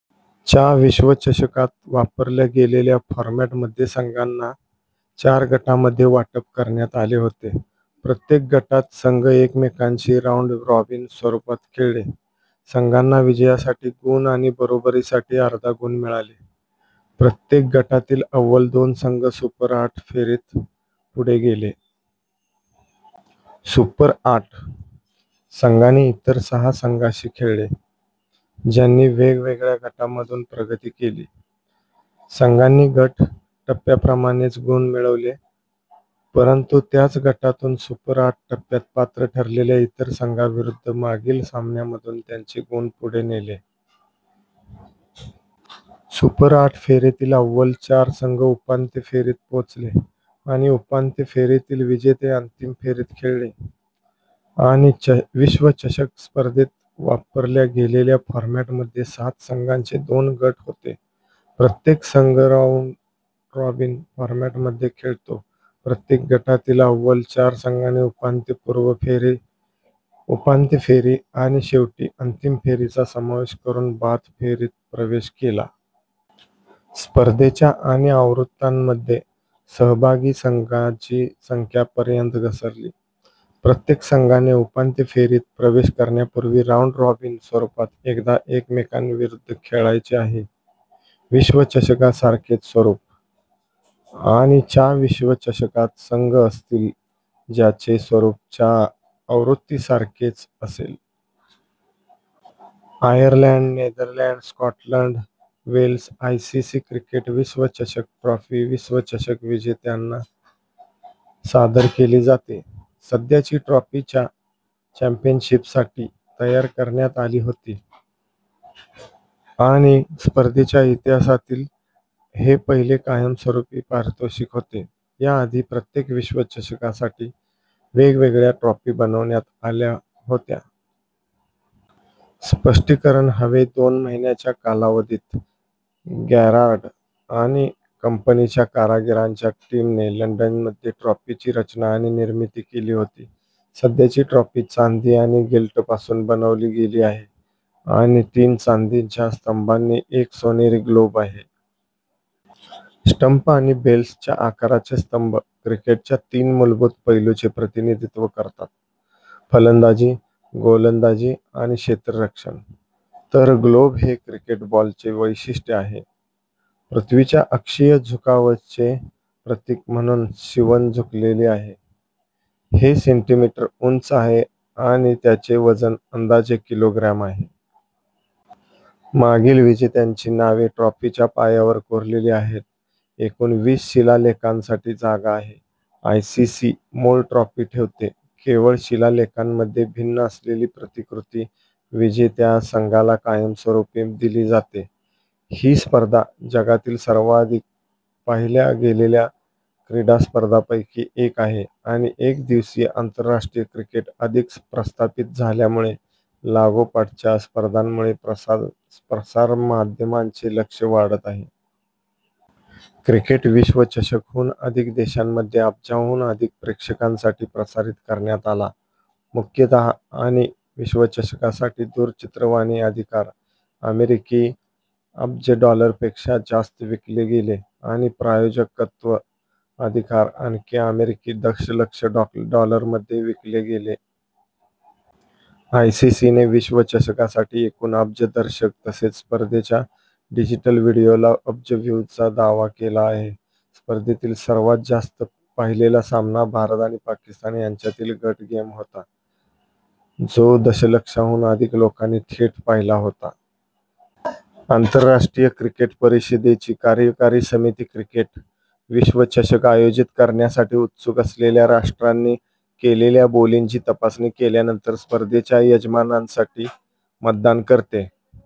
च्या विश्वचषकात वापरल्या गेलेल्या फॉरमॅटमध्ये संघांना चार गटांमध्ये वाटप करण्यात आले होते. प्रत्येक गटात, संघ एकमेकांशी राउंड-रॉबिन स्वरूपात खेळले. संघांना विजयासाठी गुण आणि बरोबरीसाठी अर्धा गुण मिळाले. प्रत्येक गटातील अव्वल दोन संघ सुपर आठ फेरीत पुढे गेले. "सुपर आठ" संघांनी इतर सहा संघांशी खेळले ज्यांनी वेगवेगळ्या गटांमधून प्रगती केली. संघांनी गट टप्प्याप्रमाणेच गुण मिळवले, परंतु त्याच गटातून सुपर आठ टप्प्यात पात्र ठरलेल्या इतर संघांविरुद्ध मागील सामन्यांमधून त्यांचे गुण पुढे नेले. सुपर आठ फेरीतील अव्वल चार संघ उपांत्य फेरीत पोहोचले आणि उपांत्य फेरीतील विजेते अंतिम फेरीत खेळले.। आणि विश्वचषक स्पर्धेत वापरल्या गेलेल्या फॉरमॅटमध्ये सात संघांचे दोन गट होते, प्रत्येक संघ राऊंड-रॉबिन फॉरमॅटमध्ये खेळतो. प्रत्येक गटातील अव्वल चार संघांनी उपांत्यपूर्व फेरी, उपांत्य फेरी आणि शेवटी अंतिम फेरीचा समावेश करून बाद फेरीत प्रवेश केला. स्पर्धेच्या आणि आवृत्त्यांमध्ये, सहभागी संघांची संख्या पर्यंत घसरली. प्रत्येक संघाने उपांत्य फेरीत प्रवेश करण्यापूर्वी राऊंड रॉबिन स्वरूपात एकदा एकमेकांविरुद्ध खेळायचे आहे, विश्वचषकासारखेच स्वरूप. आणि च्या विश्वचषकात संघ असतील, ज्याचे स्वरूप च्या आवृत्तीसारखेच असेल. Ireland Netherland Scotland Wales ICC cricket विश्वचषक ट्रॉफी विश्वचषक विजेत्यांना सादर केली जाते. सध्याची ट्रॉफी च्या चॅम्पियनशिपसाठी तयार करण्यात आली होती आणि स्पर्धेच्या इतिहासातील हे पहिले कायमस्वरूपी पारितोषिक होते. याआधी प्रत्येक विश्वचषकासाठी वेगवेगळ्या ट्रॉफी बनवण्यात आल्या होत्या. स्पष्टीकरण हवे दोन महिन्यांच्या कालावधीत गॅरार्ड आणि कंपनीच्या कारागिरांच्या टीमने लंडनमध्ये ट्रॉफीची रचना आणि निर्मिती केली होती. सध्याची ट्रॉफी चांदी आणि गिल्टपासून बनविली गेली आहे आणि तीन चांदीच्या स्तंभांनी एक सोनेरी ग्लोब आहे. स्टंप आणि बेल्सच्या आकाराचे स्तंभ, क्रिकेटच्या तीन मूलभूत पैलूंचे प्रतिनिधित्व करतात: फलंदाजी, गोलंदाजी आणि क्षेत्ररक्षण, तर ग्लोब हे क्रिकेट बॉलचे वैशिष्ट्य आहे. पृथ्वीच्या अक्षीय झुकावचे प्रतीक म्हणून शिवण झुकलेली आहे. हे सेंटीमीटर उंच आहे आणि त्याचे वजन अंदाजे किलोग्रॅम आहे. मागील विजेत्यांची नावे ट्रॉफीच्या पायावर कोरलेली आहेत, एकूण वीस शिलालेखांसाठी जागा आहे. आयसीसी मूळ ट्रॉफी ठेवते. केवळ शिलालेखांमध्ये भिन्न असलेली प्रतिकृती विजेत्या संघाला कायमस्वरूपी दिली जाते. ही स्पर्धा जगातील सर्वाधिक पाहिल्या गेलेल्या क्रीडा स्पर्धांपैकी एक आहे आणि एकदिवसीय आंतरराष्ट्रीय क्रिकेट अधिक प्रस्थापित झाल्यामुळे लागोपाठच्या स्पर्धांमुळे प्रसारमाध्यमांचे लक्ष वाढत आहे. क्रिकेट विश्वचषक हून अधिक देशांमध्ये अब्जाहून अधिक प्रेक्षकांसाठी प्रसारित करण्यात आला. मुख्यतः आणि विश्वचषकासाठी दूरचित्रवाणी अधिकार अमेरिकी अब्ज डॉलर पेक्षा जास्त विकले गेले आणि प्रायोजकत्व अधिकार आणखी अमेरिकी दशलक्ष डॉलर मध्ये विकले गेले. आयसीसी ने विश्वचषकासाठी एकूण अब्ज दर्शक तसेच स्पर्धेच्या डिजिटल व्हिडिओला अब्ज व्ह्यूजचा दावा केला आहे. स्पर्धेतील सर्वात जास्त पाहिलेला सामना भारत आणि पाकिस्तान यांच्यातील गट गेम होता, जो दशलक्षाहून अधिक लोकांनी थेट पाहिला होता. आंतरराष्ट्रीय क्रिकेट परिषदेची कार्यकारी समिती क्रिकेट विश्वचषक आयोजित करण्यासाठी उत्सुक असलेल्या राष्ट्रांनी केलेल्या बोलींची तपासणी केल्यानंतर स्पर्धेच्या यजमानांसाठी मतदान करते.